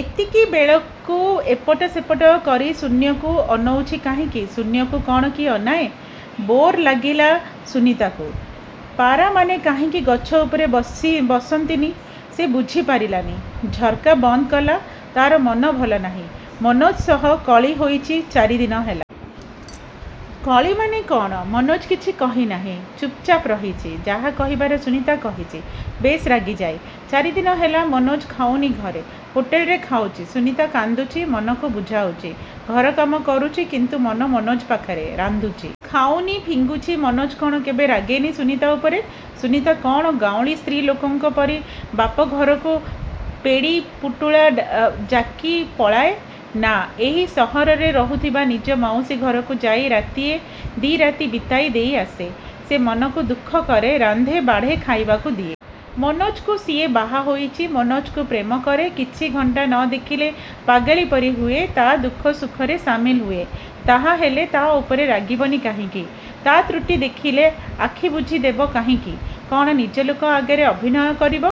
ଏମିତି ବେକକୁ ଏପଟ ସେପଟ କରି ଶୂନ୍ୟକୁ ଅନଉଛି କାହିଁକି? ଶୂନ୍ୟକୁ କ'ଣ କିଏ ଅନାଏ!! ବୋର୍ ଲାଗିଲା ସୁନୀତାକୁ। ପାରାମାନେ କାହିଁକି ଗଛ ଉପରେ ବସନ୍ତିନି, ସେ ବୁଝିପାରିଲାନି। ଝର୍କା ବନ୍ଦ କଲା। ତା'ର ମନ ଭଲନାହିଁ। ମନୋଜ ସହ କଳି ହୋଇଛି ଚାରିଦିନ ହେଲା। କଳିମାନେ କ'ଣ? ମନୋଜ କିଛି କହି ନାହିଁ। ଚୂପ୍ଚାପ୍ ରହିଛି। ଯାହା କହିବାର ସୁନୀତା କହିଛି ବେଶ୍ ରାଗିଯାଇ। ଚାରିଦିନ ହେଲା ମନୋଜ ଖାଉନି ଘରେ। ହୋଟେଲରେ ଖାଉଛି। ସୁନୀତା କାନ୍ଦୁଛି। ମନକୁ ବୁଝାଉଛି। ଘର କାମ କରୁଛି। କିନ୍ତୁ ମନ ମନୋଜ ପାଖରେ। ରାନ୍ଧୁଛି। ଖାଉନି। ଫିଙ୍ଗୁଛି। ମନୋଜ କ'ଣ କେବେ ରାଗେନି ସୁନୀତା ଉପରେ? ସୁନୀତା କ'ଣ ଗାଉଁଲି ସ୍ତ୍ରୀଲୋକଙ୍କ ପରି ବାପଘରକୁ ପେଡ଼ି ପୁଟୁଳା ଜାକି ପଳାଏ। ନା, ଏହି ସହରରେ ରହୁଥିବା ନିଜ ମାଉସୀ ଘରକୁ ଯାଇ ରାତିଏ, ଦି'ରାତି ବିତାଇ ଦେଇ ଆସେ। ସେ ମନ ଦୁଃଖ କରେ, ରାନ୍ଧେ, ବାଢ଼େ ଖାଇବାକୁ ଦିଏ। ମନୋଜକୁ ସିଏ ବାହା ହୋଇଛି। ମନୋଜକୁ ପ୍ରେମ କରେ। କିଛି ଘଣ୍ଟା ନ ଦେଖିଲେ ପାଗିଳୀ ପରି ହୁଏ। ତା'ଦୁଃଖ ସୁଖରେ ସାମିଲ ହୁଏ। ତା'ହାଲେ ତା' ଉପରେ ରାଗିବନି କହିଁକି? ତା' ତ୍ରୁଟି ଦେଖିଲେ ଆଖି ବୁଜି ଦେବ କାହିଁକି? କ'ଣ ନିଜ ଲୋକ ଆଗରେ ଅଭିନୟ କରିବ?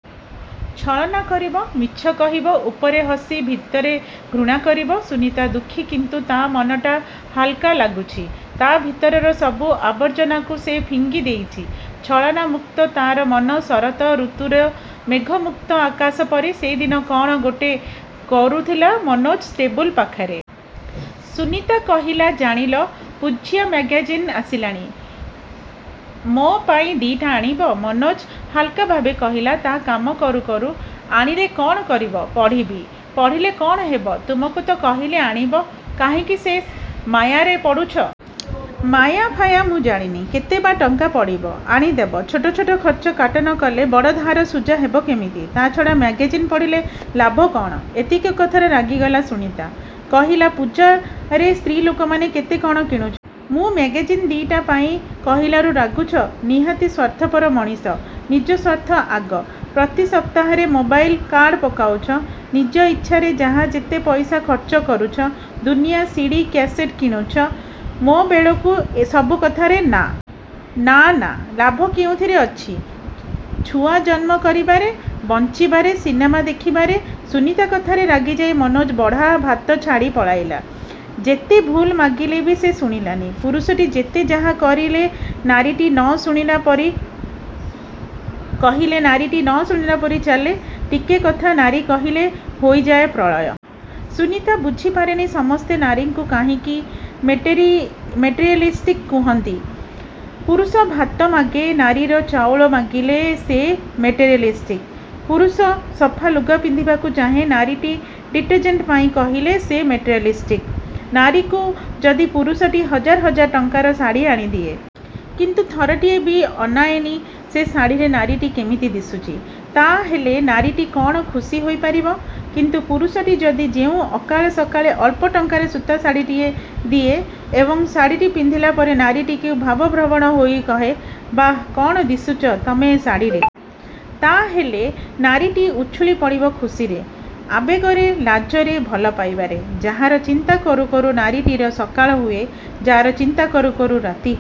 ଛଳନା କରିବ? ମିଛ କହିବ? ଉପରେ ହସି ଭିତରେ ଘୃଣା କରିବ? ସୁନୀତା ଦୁଃଖୀ କିନ୍ତୁ ତା'ମନଟା ହାଲ୍କା ଲାଗୁଛି। ତା'ଭିତରର ସବୁ ଆର୍ବଜନାକୁ ସେ ଫିଙ୍ଗି ଦେଇଛି। ଛଳନା ମୁକ୍ତ ତା'ର ମନ, ଶରତ ଋତୁର ମେଘମୁକ୍ତ ଆକାଶ ପରି। ସେଦିନ କ'ଣ ଗୋଟେ କରୁଥିଲା ମନୋଜ ଟେବୁଲ ପାଖରେ। ସୁନୀତା କହିଲା, ''ଜାଣିଲ, ପୂଜା ମ୍ୟାଗାଜିନ୍ ଆସିଲାଣି। ମୋ ପାଇଁ ଦି'ଟା ଆଣିବ। '' ମନୋଜ ହାଲ୍କାଭାବେ କହିଲା ତା' କାମ କରୁ କରୁ ''ଆଣିଲେ କ'ଣ କରିବ? '' ''ପଢ଼ିବି। '' -''ପଢ଼ିଲେ କ'ଣ ହେବ? '' -''ତମକୁ ତ କହିଲି ଆଣିବ? '' -''କାହିଁକି ସେ ମାୟାରେ ପଡ଼ୁଛ? '' -''ମାୟା ଫାୟା ମୁଁ ଜାଣିନି। କେତେବା ଟଙ୍କା ପଡ଼ିବ ଆଣିଦେବ। '' -''ଛୋଟ ଛୋଟ ଖର୍ଚ୍ଚ କାଟ ନ କଲେ ବଡ଼ ଧାର ସୁଝା ହେବ କେମିତି। '' ''ତା'ଛଡ଼ା ମ୍ୟାଗାଜିନ୍ ପଢ଼ିଲେ ଲାଭ କ'ଣ? '' ଏତିକି କଥାରେ ରାଗିଗଲା ସୁନୀତା। କହିଲା, ''ପୂଜାରେ ସ୍ତ୍ରୀଲୋକମାନେ କେତେ କ'ଣ କିଣୁଛନ୍ତି। ମୁଁ ମ୍ୟାଗାଜିନ୍ ଦି'ଟା ପାଇଁ କହିଲାରୁ ରାଗୁଛ। ନିହାତି ସ୍ୱାର୍ଥପର ମଣିଷ। ନିଜ ସ୍ୱାର୍ଥ ଆଗ। ପ୍ରତି ସପ୍ତାହରେ ମୋବାଇଲ୍ କାର୍ଡ଼ ପକାଉଛ। ନିଜ ଇଚ୍ଛାରେ ଯାହା ଯେତେ ପଇସା ଖର୍ଚ୍ଚ କରୁଛ। ଦୁନିଆ ସିଡ଼ି, କ୍ୟାସେଟ୍ କିଣୁଛ। ମୋ ବେଳକୁ ସବୁ କଥାରେ ନା... ନା... ନା...। ଲାଭ କେଉଁଥିରେ ଅଛି? ଛୁଆ ଜନ୍ମ କରିବାରେ, ବଂଚିବାରେ ସିନେମା ଦେଖିବାରେ...। '' ସୁନୀତା କଥାରେ ରାଗିଯାଇ ମନୋଜ ବଢ଼ା ଭାତ ଛାଡ଼ି ପଳାଇଲା। ଯେତେ ଭୁଲ ମାଗିଲେ ବି ସେ ଶୁଣିଲାନି। ପୁରୁଷଟି ଯେତେ ଯାହା କହିଲେ ନାରୀଟି ନ ଶୁଣିଲା ପରି ଚାଲେ, ଟିକେ କଥା ନାରୀ କହିଲେ ହୋଇଯାଏ ପ୍ରଳୟ। ସୁନୀତା ବୁଝିପାରେନି ସମସ୍ତେ ନାରୀକୁ କାହିଁକି ମେଟେରିଆଲ୍ଷ୍ଟିକ୍ କହନ୍ତି। ପୁରୁଷ ଭାତ ମାଗେ, ନାରୀଟି ଚାଉଳ ମାଗିଲେ ସେ ମେଟେରିଆଲ୍ଷ୍ଟିକ୍। ପୁରୁଷ ସଫାଲୁଗା ପିନ୍ଧିବାକୁ ଚାହେଁ, ନାରୀଟି ଡିଟରଜେଣ୍ଟ ପାଇଁ କହିଲେ ସେ ମେଟେରିଆଲ୍ଷ୍ଟିକ୍! ନାରୀଟିକୁ ଯଦି ପୁରୁଷଟି ହଜାର ହଜାର ଟଙ୍କାର ଶାଢ଼ୀ ଆଣି ଦିଏ। କିନ୍ତୁ ଥରଟିଏ ବି ଅନାଏନି ସେ ଶାଢ଼ୀରେ ନାରୀଟି କେମିତି ଦୁଶୁଛି, ତା'ହେଲେ ନାରୀଟି କ'ଣ ଖୁସି ହୋଇ ପାରିବ! କିନ୍ତୁ ପୁରୁଷଟି ଯଦି କେଉଁ ଅକାଳେ ସକାଳେ ଅଳ୍ପ ଟଙ୍କାର ସୂତା ଶାଢ଼ୀଟିଏ ଦିଏ ଏବଂ ଶାଢ଼ିଟି ପିନ୍ଧିଲା ପରେ ନାରୀଟିକୁ ଭାବପ୍ରବଣ ହୋଇ କହେ, ''ବାଃ, କ'ଣ ଦିଶୁଛ ତମେ ଏ ଶାଢ଼ୀରେ! '' ତା'ହେଲେ ନାରୀଟି ଉଛୁଳି ପଡ଼ିବ ଖୁସିରେ, ଆବେଗରେ, ଲାଜରେ, ଭଲପାଇବାରେ। ଯାହାର ଚିନ୍ତା କରୁ କରୁ ନାରୀଟିର ସକାଳ ହୁଏ। ଯା'ର ଚିନ୍ତା କରୁ କରୁ ରାତି ହୁଏ।